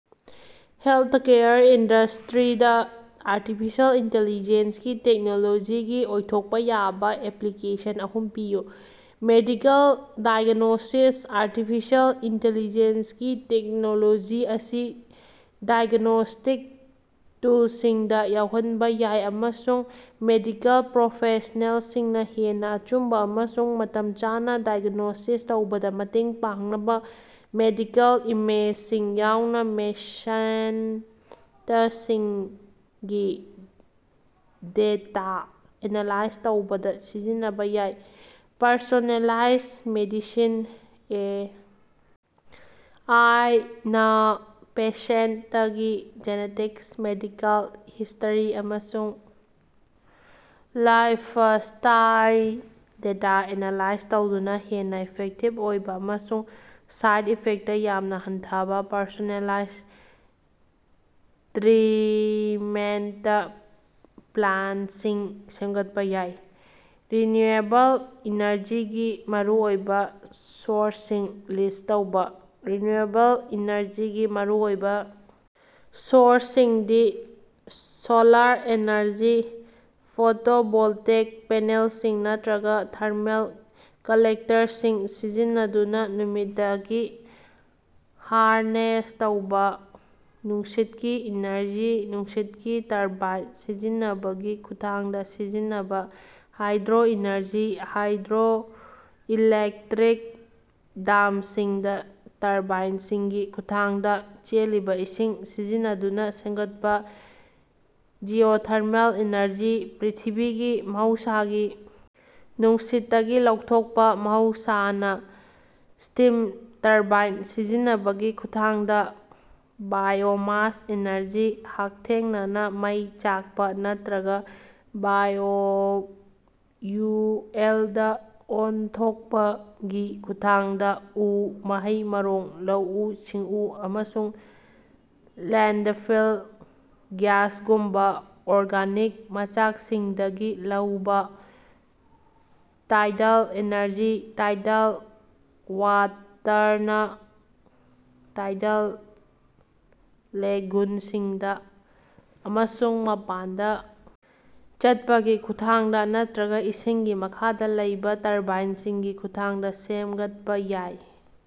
Healthcare ꯏꯟꯗꯁꯇ꯭ꯔꯤꯗ artificial intelligence ꯒꯤ ꯇꯦꯛꯅꯣꯂꯣꯖꯤꯒꯤ ꯑꯣꯏꯊꯣꯛꯄ ꯌꯥꯕ ꯑꯦꯄ꯭ꯂꯤꯀꯦꯁꯟ ꯑꯍꯨꯝ ꯄꯤꯌꯨ꯫ ꯃꯦꯗꯤꯀꯦꯜ ꯗꯥꯏꯒ꯭ꯅꯣꯁꯤꯁ: ꯑꯥꯔꯇꯤꯐꯤꯁꯤꯑꯦꯜ ꯏꯟꯇꯤꯂꯤꯖꯦꯟꯁ ꯒꯤ ꯇꯦꯛꯅꯣꯂꯣꯖꯤ ꯑꯁꯤ ꯗꯥꯏꯒꯅꯣꯁꯇꯤꯛ ꯇꯨꯜꯁꯤꯡꯗ ꯌꯥꯎꯍꯟꯕ ꯌꯥꯏ ꯑꯃꯁꯨꯡ ꯃꯦꯗꯤꯀꯦꯜ ꯄ꯭ꯔꯣꯐꯦꯁꯅꯦꯜꯁꯤꯡꯅ ꯍꯦꯟꯅ ꯑꯆꯨꯝꯕ ꯑꯃꯁꯨꯡ ꯃꯇꯝ ꯆꯥꯅ ꯗꯥꯏꯒ꯭ꯅꯣꯁꯤꯁ ꯇꯧꯕꯗ ꯃꯇꯦꯡ ꯄꯥꯡꯅꯕ ꯃꯦꯗꯤꯀꯦꯜ ꯏꯃꯦꯖꯁꯤꯡ ꯌꯥꯎꯅ ꯄꯦꯁꯦꯟꯇꯁꯤꯡꯒꯤ ꯗꯦꯇ ꯑꯦꯅꯥꯂꯥꯏꯖ ꯇꯧꯕꯗ ꯁꯤꯖꯤꯟꯅꯕ ꯌꯥꯏ꯫ Personalise medicine: A. ꯑꯥꯏ. ꯅꯥ ꯄꯦꯁꯦꯟꯇꯀꯤ ꯖꯦꯅꯦꯇꯤꯛꯁ, ꯃꯦꯗꯤꯀꯦꯜ ꯍꯤꯁ꯭ꯇꯔꯤ, ꯑꯃꯁꯨꯡ ꯂꯥꯏꯐꯁ꯭ꯇꯥꯏꯜ ꯗꯦꯇꯥ ꯑꯦꯅꯥꯂꯥꯏꯖ ꯇꯧꯗꯨꯅ ꯍꯦꯟꯅ ꯏꯐꯦꯛꯇꯤꯕ ꯑꯣꯏꯕ ꯑꯃꯁꯨꯡ ꯁꯥꯏꯗ ꯏꯐꯦꯛꯇ ꯌꯥꯝꯅ ꯍꯟꯊꯕ ꯄꯔꯁꯣꯅꯦꯂꯥꯏꯖ ꯇ꯭ꯔꯤꯠꯃꯦꯟꯇ ꯄ꯭ꯂꯥꯟꯁꯤꯡ ꯁꯦꯝꯒꯠꯄ ꯌꯥꯏ꯫ ꯔꯤꯅ꯭ꯌꯨꯑꯦꯕꯜ ꯏꯅꯔꯖꯤꯒꯤ ꯃꯔꯨꯑꯣꯏꯕ ꯁꯣꯔꯁꯁꯤꯡ ꯂꯤꯁ ꯇꯧꯕ꯫ ꯔꯤꯅ꯭ꯌꯨꯑꯦꯕꯜ ꯏꯅꯔꯖꯤꯒꯤ ꯃꯔꯨꯑꯣꯏꯕ ꯁꯣꯔꯁꯁꯤꯡꯗꯤ: ꯁꯣꯂꯥꯔ ꯑꯦꯅꯔꯖꯤ: ꯐꯣꯇꯣꯚꯣꯜꯇꯦꯛ ꯄꯦꯅꯦꯜꯁꯤꯡ ꯅꯠꯇ꯭ꯔꯒ ꯊꯔꯃꯦꯜ ꯀꯂꯦꯛꯇꯔꯁꯤꯡ ꯁꯤꯖꯤꯟꯅꯗꯨꯅ ꯅꯨꯃꯤꯠꯇꯒꯤ ꯍꯥꯔꯅꯦꯁ ꯇꯧꯕ꯫ ꯅꯨꯡꯁꯤꯠꯀꯤ ꯏꯅꯔꯖꯤ: ꯅꯨꯡꯁꯤꯠꯀꯤ ꯇꯔꯕꯥꯏꯟ ꯁꯤꯖꯤꯟꯅꯕꯒꯤ ꯈꯨꯠꯊꯥꯡꯗ ꯁꯤꯖꯤꯟꯅꯕ꯫ ꯍꯥꯏꯗ꯭ꯔꯣ ꯏꯅꯔꯖꯤ: ꯍꯥꯏꯗ꯭ꯔꯣꯏꯂꯦꯛꯇ꯭ꯔꯤꯛ ꯗꯥꯝꯁꯤꯡꯗ ꯇꯔꯕꯥꯏꯟꯁꯤꯡꯒꯤ ꯈꯨꯠꯊꯥꯡꯗ ꯆꯦꯜꯂꯤꯕ ꯏꯁꯤꯡ ꯁꯤꯖꯤꯟꯅꯗꯨꯅ ꯁꯦꯝꯒꯠꯄ꯫ ꯖꯤꯑꯣꯊꯔꯃꯦꯜ ꯑꯦꯅꯔꯖꯤ: ꯄ꯭ꯔꯤꯊꯤꯕꯤꯒꯤ ꯃꯍꯧꯁꯥꯒꯤ ꯅꯨꯡꯁꯤꯠꯇꯒꯤ ꯂꯧꯊꯣꯛꯄ ꯃꯍꯧꯁꯥꯅ ꯁ꯭ꯇꯤꯝ ꯇꯔꯕꯥꯏꯟ ꯁꯤꯖꯤꯟꯅꯕꯒꯤ ꯈꯨꯠꯊꯥꯡꯗ꯫ ꯕꯥꯏꯑꯣꯃꯥꯁ ꯑꯦꯅꯔꯖꯤ: ꯍꯛꯊꯦꯡꯅꯅ ꯃꯩ ꯆꯥꯛꯄ ꯅꯠꯇ꯭ꯔꯒ ꯕꯥꯏꯑꯣꯐ꯭ꯌꯨꯑꯦꯜꯗ ꯑꯣꯟꯊꯣꯛꯄꯒꯤ ꯈꯨꯠꯊꯥꯡꯗ ꯎ, ꯃꯍꯩ-ꯃꯔꯣꯡ, ꯂꯧꯎ-ꯁꯤꯡꯎ, ꯑꯃꯁꯨꯡ ꯂꯦꯟꯗꯐꯤꯜ ꯒ꯭ꯌꯥꯁꯒꯨꯝꯕ ꯑꯣꯔꯒꯥꯅꯤꯛ ꯃꯆꯥꯛꯁꯤꯡꯗꯒꯤ ꯂꯧꯕ꯫ ꯇꯥꯏꯗꯜ ꯑꯦꯅꯔꯖꯤ: ꯇꯥꯏꯗꯜ ꯋꯥꯇꯔꯅ ꯇꯥꯏꯗꯜ ꯂꯦꯒꯨꯟꯁꯤꯡꯗ ꯑꯃꯁꯨꯡ ꯃꯄꯥꯟꯗ ꯆꯠꯄꯒꯤ ꯈꯨꯠꯊꯥꯡꯗ ꯅꯠꯇ꯭ꯔꯒ ꯏꯁꯤꯡꯒꯤ ꯃꯈꯥꯗ ꯂꯩꯕ ꯇꯔꯕꯥꯏꯟꯁꯤꯡꯒꯤ ꯈꯨꯠꯊꯥꯡꯗ ꯁꯦꯝꯒꯠꯄ ꯌꯥꯏ꯫